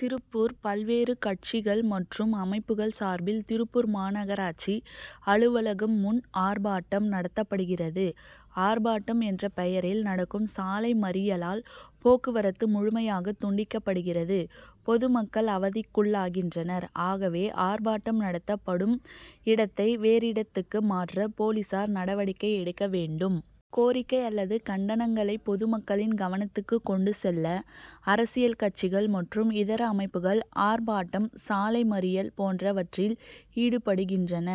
திருப்பூர் பல்வேறு கட்சிகள் மற்றும் அமைப்புகள் சார்பில் திருப்பூர் மாநகராட்சி அலுவலகம் முன் ஆர்ப்பாட்டம் நடத்தப்படுகிறது. ஆர்ப்பாட்டம் என்ற பெயரில் நடக்கும் சாலை மறியலால் போக்குவரத்து முழுமையாக துண்டிக்கப்படுகிறது பொது மக்கள் அவதிக்குள்ளாகின்றனர். ஆகவே ஆர்ப்பாட்டம் நடத்தப் படும் இடத்தை வேறிடத்துக்கு மாற்ற போலீசார் நடவடிக்கை எடுக்க வேண்டும். கோரிக்கை அல்லது கண்டனங் களை பொதுமக்களின் கவனத்துக்கு கொண்டு செல்ல அரசியல் கட்சிகள் மற்றும் இதர அமைப்புகள் ஆர்ப் பாட்டம் சாலை மறியல் போன்ற வற்றில் ஈடுபடுகின்றன.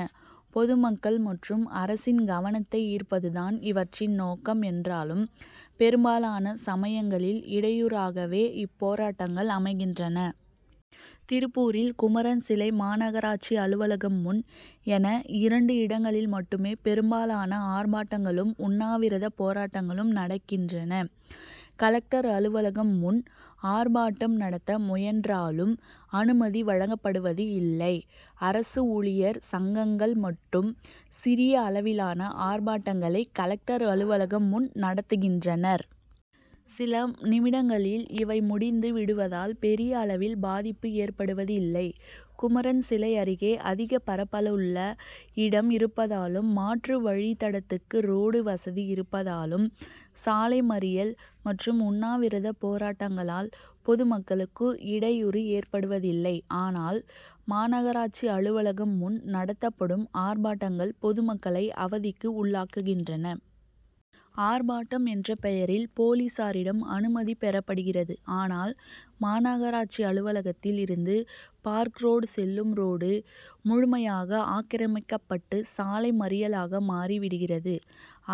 பொதுமக்கள் மற்றும் அரசின் கவனத்தை ஈர்ப்பது தான் இவற்றின் நோக்கம் என்றாலும் பெரும்பாலான சமயங்களில் இடையூறாகவே இப்போராட்டங்கள் அமைகின்றன. திருப்பூரில் குமரன் சிலை மாநகராட்சி அலுவலகம் முன் என இரண்டு இடங்களில் மட்டுமே பெரும்பாலான ஆர்ப்பாட்டங்களும் உண்ணாவிரத போராட்டங்களும் நடக்கின்றன. கலெக்டர் அலுவலகம் முன் ஆர்ப்பாட்டம் நடத்த முயன்றாலும் அனுமதி வழங்கப்படுவது இல்லை. அரசு ஊழியர் சங்கங்கள் மட்டும் சிறிய அளவிலான ஆர்ப்பாட்டங்களை கலெக்டர் அலுவலகம் முன் நடத்துகின்றனர். சில நிமிடங்களில் இவை முடிந்து விடுவதால் பெரிய அளவில் பாதிப்பு ஏற்படுவது இல்லை. குமரன் சிலை அருகே அதிக பரப்புள்ள இடம் இருப்பதாலும் மாற்று வழித்தடத்துக்கு ரோடு வசதி இருப்பதாலும் சாலை மறியல் மற்றும் உண்ணாவிரத போராட்டங் களால் பொது மக்களுக்கு இடையூறு ஏற்படுவதில்லை. ஆனால் மாநகராட்சி அலுவலகம் முன் நடத்தப்படும் ஆர்ப்பாட்டங்கள் பொதுமக்களை அவதிக்கு உள்ளாக்கு கின்றன. ஆர்ப்பாட்டம் என்ற பெயரில் போலீசாரிடம் அனுமதி பெறப்படுகிறது. ஆனால் மாநக ராட்சி அலுவலகத்தில் இருந்து பார்க் ரோடு செல்லும் ரோடு முழுமையாக ஆக்கிரமிக்கப்பட்டு சாலை மறியலாக மாறி விடுகிறது.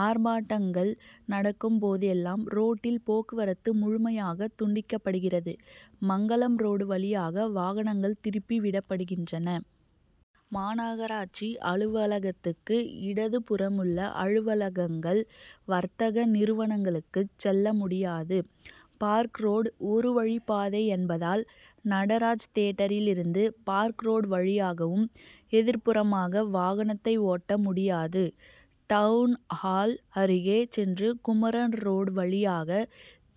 ஆர்ப் பாட்டங்கள் நடக்கும் போதெல்லாம் ரோட்டில் போக்குவரத்து முழுமை யாக துண்டிக்கப்படுகிறது. மங்கலம் ரோடு வழியாக வாகனங்கள் திருப்பி விடப்படுகின்றன. மாநகராட்சி அலுவலகத்துக்கு இடதுபுறமுள்ள அலுவலகங்கள் வர்த்தக நிறுவனங்களுக்குச் செல்ல முடியாது. பார்க் ரோடு ஒரு வழிப்பாதை என்பதால் நடராஜ் தியேட்டரில் இருந்து பார்க் ரோடு வழியாகவும் எதிர்ப்புறமாக வாகனத்தை ஓட்ட முடியாது. டவுன்ஹால் அருகே சென்று குமரன் ரோடு வழியாக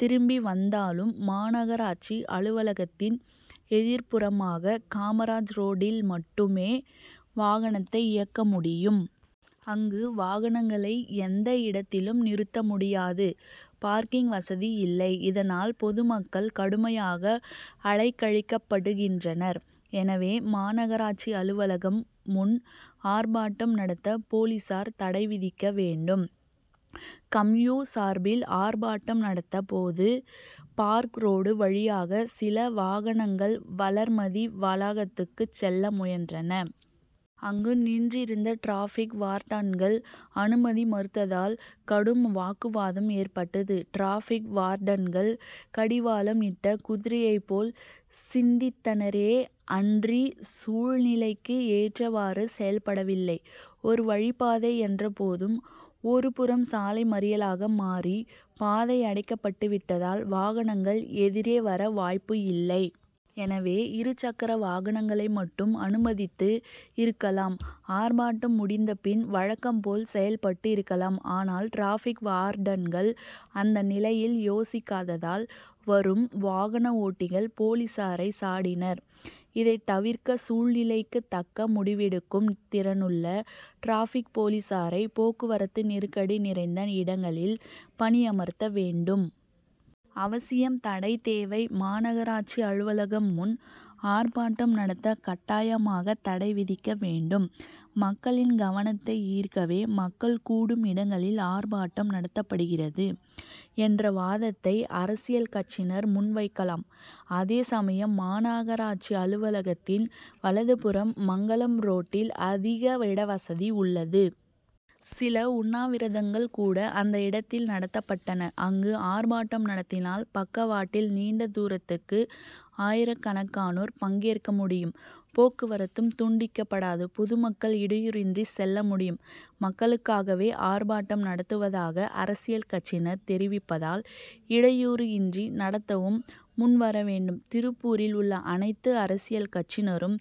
திரும்பி வந் தாலும் மாநகராட்சி அலுவலகத்தின் எதிர்ப்புறமாக காமராஜ் ரோட்டில் மட்டும் வாகனத்தை இயக்க முடி யும். அங்கு வாகனங்களை எந்த இடத் திலும் நிறுத்த முடியாது பார்க்கிங் வசதி இல்லை. இதனால் பொதுமக் கள் கடுமையாக அலைக்கழிக்கப்படு கின்றனர். எனவே மாநகராட்சி அலுவல கம் முன் ஆர்ப்பாட்டம் நடத்த போலீசார் தடை விதிக்க வேண்டும். கம்யூ. சார்பில் ஆர்ப்பாட்டம் நடந்த போது பார்க் ரோடு வழியாக சில வாகனங் கள் வளர்மதி வளாகத்துக்கு செல்ல முயன்றன. அங்கு நின்றிருந்த டிராபிக் வார்டன்கள் அனுமதி மறுத்ததால் கடும் வாக்குவாதம் ஏற்பட்டது. டிராபிக் வார்டன்கள் கடிவாளம் இட்ட குதிரையைப் போல் சிந்தித்தனரே அன்றி சூழ் நிலைக்கு ஏற்றவாறு செயல்படவில்லை. ஒரு வழிப்பாதை என்ற போதும் ஒரு புறம் சாலை மறியலாக மாறி பாதை அடைக்கப்பட்டு விட்டதால் வாகனங்கள் எதிரே வர வாய்ப்பு இல்லை. எனவே இரு சக்கர வாகனங்களை மட்டும் அனுமதித்து இருக்கலாம். ஆர்ப்பாட்டம் முடிந்த பின் வழக்கம் போல் செயல்பட்டு இருக்கலாம். ஆனால் டிராபிக் வார்டன்கள் அந்த நிலையில் யோசிக்காததால் வரும் வாகன ஓட்டிகள் போலீசாரை சாடி னர். இதைத்தவிர்க்க சூழ்நிலைக்கு தக்க முடிவெடுக்கும் திறனுள்ள டிராபிக் போலீசாரை போக்குவரத்து நெருக்கடி நிறைந்த இடங்களில் பணியமர்த்த வேண்டும். அவசியம் தடை தேவை மாநக ராட்சி அலுவலம் முன் ஆர்ப்பாட்டம் நடத்த கட்டாயமாக தடை விதிக்க வேண்டும். மக்களின் கவனத்தை ஈர்க்கவே மக்கள் கூடும் இடங்களில் ஆர்ப்பாட்டம் நடத்தப்படுகிறது என்ற வாதத்தை அரசியல் கட்சியினர் முன்வைக்கலாம். அதேசமயம் மாநகராட்சி அலுவல கத்தின் வலதுபுறம் மங்கலம் ரோட் டில் அதிக இடவசதி உள்ளது. சில உண்ணாவிரதங்கள் கூட அந்த இடத்தில் நடத்தப்பட்டன. அங்கு ஆர்ப்பாட்டம் நடத்தினால் பக்க வாட்டில் நீண்ட தூரத்துக்கு ஆயிரக்கணக்கானோர் பங்கேற்க முடியும் போக்குவரத்தும் துண்டிக்கப் படாது. பொதுமக்கள் இடையூறு இன்றி செல்ல முடியும். மக்களுக்காகவே ஆர்ப்பாட்டம் நடத்துவதாக அரசியல் கட்சியினர் தெரிவிப்பதால் இடையூறு இன்றி நடத்தவும் முன்வர வேண்டும். திருப்பூரில் உள்ள அனைத்து அரசியல் கட்சியினரும்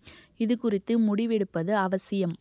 இதுகுறித்து முடிவெடுப்பது அவசியம்.